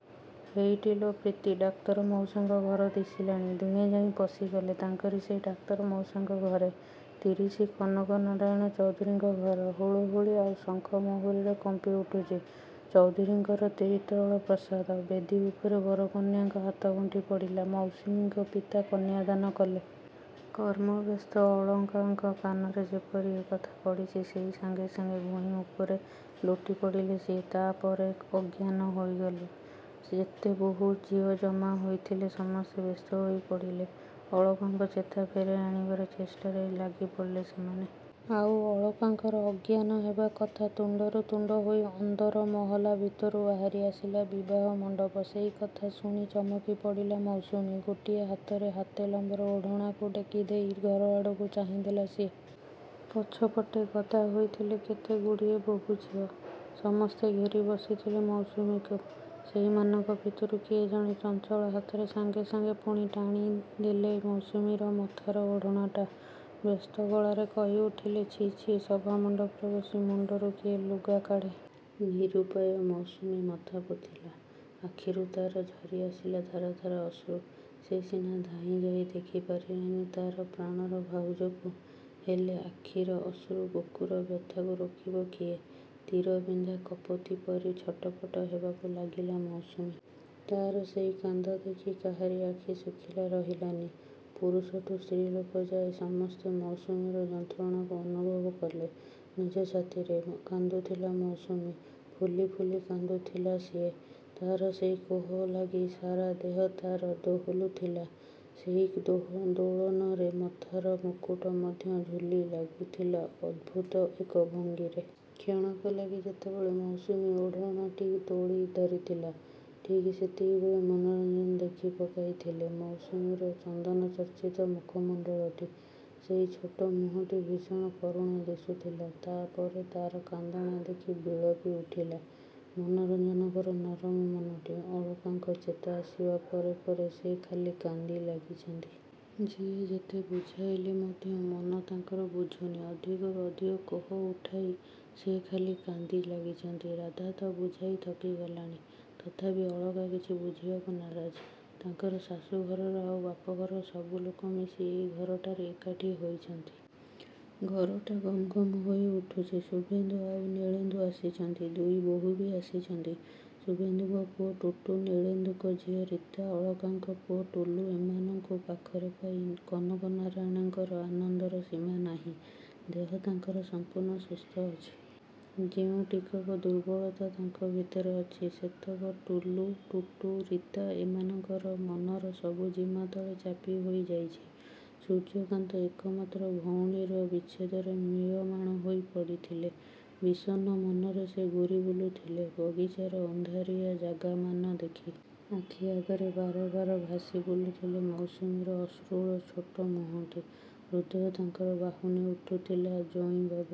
ହେଇଟି ଲୋ ପ୍ରୀତି, ଡାକ୍ତର ମଉସାଙ୍କ ଘର ଦିଶିଲାଣି। ଦୁହେଁ ଯାଇ ପଶିଗଲେ ତାଙ୍କର ସେଇ ଡାକ୍ତର ମଉସାଙ୍କ ଘରେ। ତିରିଶି, କନକନାରାୟଣ ଚୌଧୁରୀଙ୍କ ଘର। ହୁଳହୁଳି ଆଉ ଶଙ୍ଖ ମହୁରୀରେ କମ୍ପି ଉଠୁଛି ଚୌଧୁରୀଙ୍କର ତ୍ରିତଳ ପ୍ରାସାଦ। ବେଦୀ ଉପରେ ବରକନ୍ୟାଙ୍କ ହାତଗଣ୍ଠି ପଡ଼ିଲା, ମୌସୁମୀଙ୍କ ପିତା କନ୍ୟାଦାନ କଲେ। କର୍ମବ୍ୟସ୍ତ ଅଳକାଙ୍କ କାନରେ ଯେପରି ଏ କଥା ପଡ଼ିଛି, ସେଇ ସାଙ୍ଗେ ସାଙ୍ଗେ ଭୂଇଁ ଉପରେ ଲୋଟି ପଡ଼ିଲେ ସିଏ। ତା' ପରେ ଅଜ୍ଞାନ ହୋଇଗଲେ। ଯେତେ ବୋହୂ ଝିଅ ଜମା ହୋଇଥିଲେ ସମସ୍ତେ ବ୍ୟସ୍ତ ହୋଇ ପଡ଼ିଲେ। ଅଳକାଙ୍କ ଚେତା ଫେରାଇ ଆଣିବାର ଚେଷ୍ଟାରେ ଲାଗି ପଡ଼ିଲେ ସେମାନେ। ଆଉ ଅଳକାଙ୍କର ଅଜ୍ଞାନ ହେବା କଥା ତୁଣ୍ଡରୁ ତୁଣ୍ଡ ହୋଇ ଅନ୍ଦର ମହଲା ଭିତରୁ ବାହାରି ଆସିଲା ବିବାହ ମଣ୍ଡପ। ସେଇ କଥା ଶୁଣି ଚମକି ପଡ଼ିଲା ମୌସୁମୀ। ଗୋଟିଏ ହାତରେ ହାତେ ଲମ୍ବର ଓଢ଼ଣାକୁ ଟେକି ଦେଇ ଘର ଆଡ଼କୁ ଚାହିଁ ଦେଲା ସିଏ। ପଛପଟେ ଗଦା ହୋଇଥିଲେ କେତେଗୁଡ଼ିଏ ବୋହୂ ଝିଅ। ସମସ୍ତେ ଘେରି ବସିଥିଲେ ମୌସୁମୀକୁ। ସେଇମାନଙ୍କ ଭିତରୁ କିଏ ଜଣେ ଚଞ୍ଚଳ ହାତରେ ସାଙ୍ଗେ ସାଙ୍ଗେ ପୁଣି ଟାଣି ଦେଲେ ମୌସୁମୀର ମଥାର ଓଢ଼ଣାଟା। ବ୍ୟସ୍ତ ଗଳାରେ କହି ଉଠିଲେ ଛି, ଛି, ସଭାମଣ୍ଡପରେ ବସି ମୁଣ୍ଡରୁ କିଏ ଲୁଗା କାଢ଼େ? ନିରୁପାୟା ମୌସୁମୀ ମଥା ପୋତିଲା। ଆଖିରୁ ତା'ର ଝରି ଆସିଲା ଧାର ଧାର ଅଶ୍ରୁ। ସେ ସିନା ଧାଇଁ ଯାଇ ଦେଖି ପାରିଲାନି ତା'ର ପ୍ରାଣର ଭାଉଜକୁ, ହେଲେ ଆଖିର ଅଶ୍ରୁ, ବୁକୁର ବ୍ୟଥାକୁ ରୋକିବ କିଏ? ତୀର ବିନ୍ଧା କପୋତୀ ପରି ଛଟପଟ ହେବାକୁ ଲାଗିଲା ମୌସୁମୀ। ତା'ର ସେଇ କାନ୍ଦ ଦେଖି କାହାରି ଆଖି ଶୁଖିଲା ରହିଲାନି। ପୁରୁଷଠୁ ସ୍ତ୍ରୀଲୋକ ଯାଏ ସମସ୍ତେ ମୌସୁମୀର ଯନ୍ତ୍ରଣାକୁ ଅନୁଭବ କଲେ ନିଜ ଛାତିରେ। କାନ୍ଦୁଥିଲା ମୌସୁମୀ। ଫୁଲି ଫୁଲି କାନ୍ଦୁଥିଲା ସିଏ। ତା'ର ସେହି କୋହ ଲାଗି ସାରା ଦେହ ତା'ର ଦୋହଲୁଥିଲା। ସେଇ ଦୋଳନରେ ମଥାର ମୁକୁଟ ମଧ୍ୟ ଝୁଲି ଲାଗିଥିଲା ଅଦ୍ଭୁତ ଏକ ଭଙ୍ଗୀରେ। କ୍ଷଣକ ଲାଗି ଯେତେବେଳେ ମୌସୁମୀ ଓଢ଼ଣାଟି ତୋଳି ଧରିଥିଲା, ଠିକ୍ ସେତିକିବେଳେ ମନୋରଞ୍ଜନ ଦେଖି ପକାଇଥିଲେ ମୌସୁମୀର ଚନ୍ଦନଚର୍ଚ୍ଚିତ ମୁଖମଣ୍ଡଳଟି। ସେଇ ଛୋଟ ମୁହଁଟି ଭୀଷଣ କରୁଣ ଦିଶୁଥିଲା। ତା' ପରେ ତା'ର କାନ୍ଦଣା ଦେଖି ବିଳପି ଉଠିଲା ମନୋରଞ୍ଜନଙ୍କର ନରମ ମନଟି। ଅଳକାଙ୍କ ଚେତା ଆସିବା ପରେ ପରେ ସେ ଖାଲି କାନ୍ଦି ଲାଗିଛନ୍ତି। ଯିଏ ଯେତେ ବୁଝାଇଲେ ମଧ୍ୟ ମନ ତାଙ୍କର ବୁଝୁନି। ଅଧିକରୁ ଅଧିକ କୋହ ଉଠାଇ ସେ ଖାଲି କାନ୍ଦି ଲାଗିଛନ୍ତି। ରାଧା ତ ବୁଝାଇ ଥକି ଗଲାଣି। ତଥାପି ଅଳକା କିଛି ବୁଝିବାକୁ ନାରାଜ। ତାଙ୍କର ଶାଶୂଘରର ଆଉ ବାପଘରର ସବୁ ଲୋକ ମିଶି ଏଇ ଘରଟାରେ ଏକାଠି ହୋଇଛନ୍ତି। ଘରଟା ଗମ୍ ଗମ୍ ହୋଇ ଉଠୁଛି। ଶୁଭେନ୍ଦୁ ଆଉ ନୀଳେନ୍ଦୁ ଆସିଛନ୍ତି। ଦୁଇ ବୋହୂ ବି ଆସିଛନ୍ତି। ଶୁଭେନ୍ଦୁଙ୍କ ପୁଅ ଟୁଟୁ, ନୀଳେନ୍ଦୁଙ୍କ ଝିଅ ରୀତା, ଅଳକାଙ୍କ ପୁଅ ଟୁଲୁ ଏମାନଙ୍କୁ ପାଖରେ ପାଇ କନକନାରାୟଣଙ୍କର ଆନନ୍ଦର ସୀମା ନାହିଁ। ଦେହ ତାଙ୍କର ସମ୍ପୂର୍ଣ୍ଣ ସୁସ୍ଥ ଅଛି। ଯେଉଁ ଟିକକ ଦୁର୍ବଳତା ତାଙ୍କ ଭିତରେ ଅଛି, ସେତକ ଟୁଲୁ, ଟୁଟୁ, ରୀତା ଏମାନଙ୍କର ମନର ସବୁଜିମା ତଳେ ଚାପି ହୋଇ ଯାଇଛି। ସୂର୍ଯ୍ୟକାନ୍ତ ଏକମାତ୍ର ଭଉଣୀର ବିଚ୍ଛେଦରେ ମ୍ରିୟମାଣ ହୋଇ ପଡ଼ିଥିଲେ। ବିଷନ୍ନ ମନରେ ସେ ଘୂରି ବୁଲୁଥିଲେ ବଗିଚାର ଅନ୍ଧାରିଆ ଜାଗାମାନ ଦେଖି। ଆଖି ଆଗରେ ବାର ବାର ଭାସି ବୁଲୁଥିଲା ମୌସୁମୀର ଅଶ୍ରୁଳ ଛୋଟ ମୁହଁଟି। ହୃଦୟ ତାଙ୍କର ବାହୁନି ଉଠୁଥିଲା। ଜୋଇଁବାବୁ।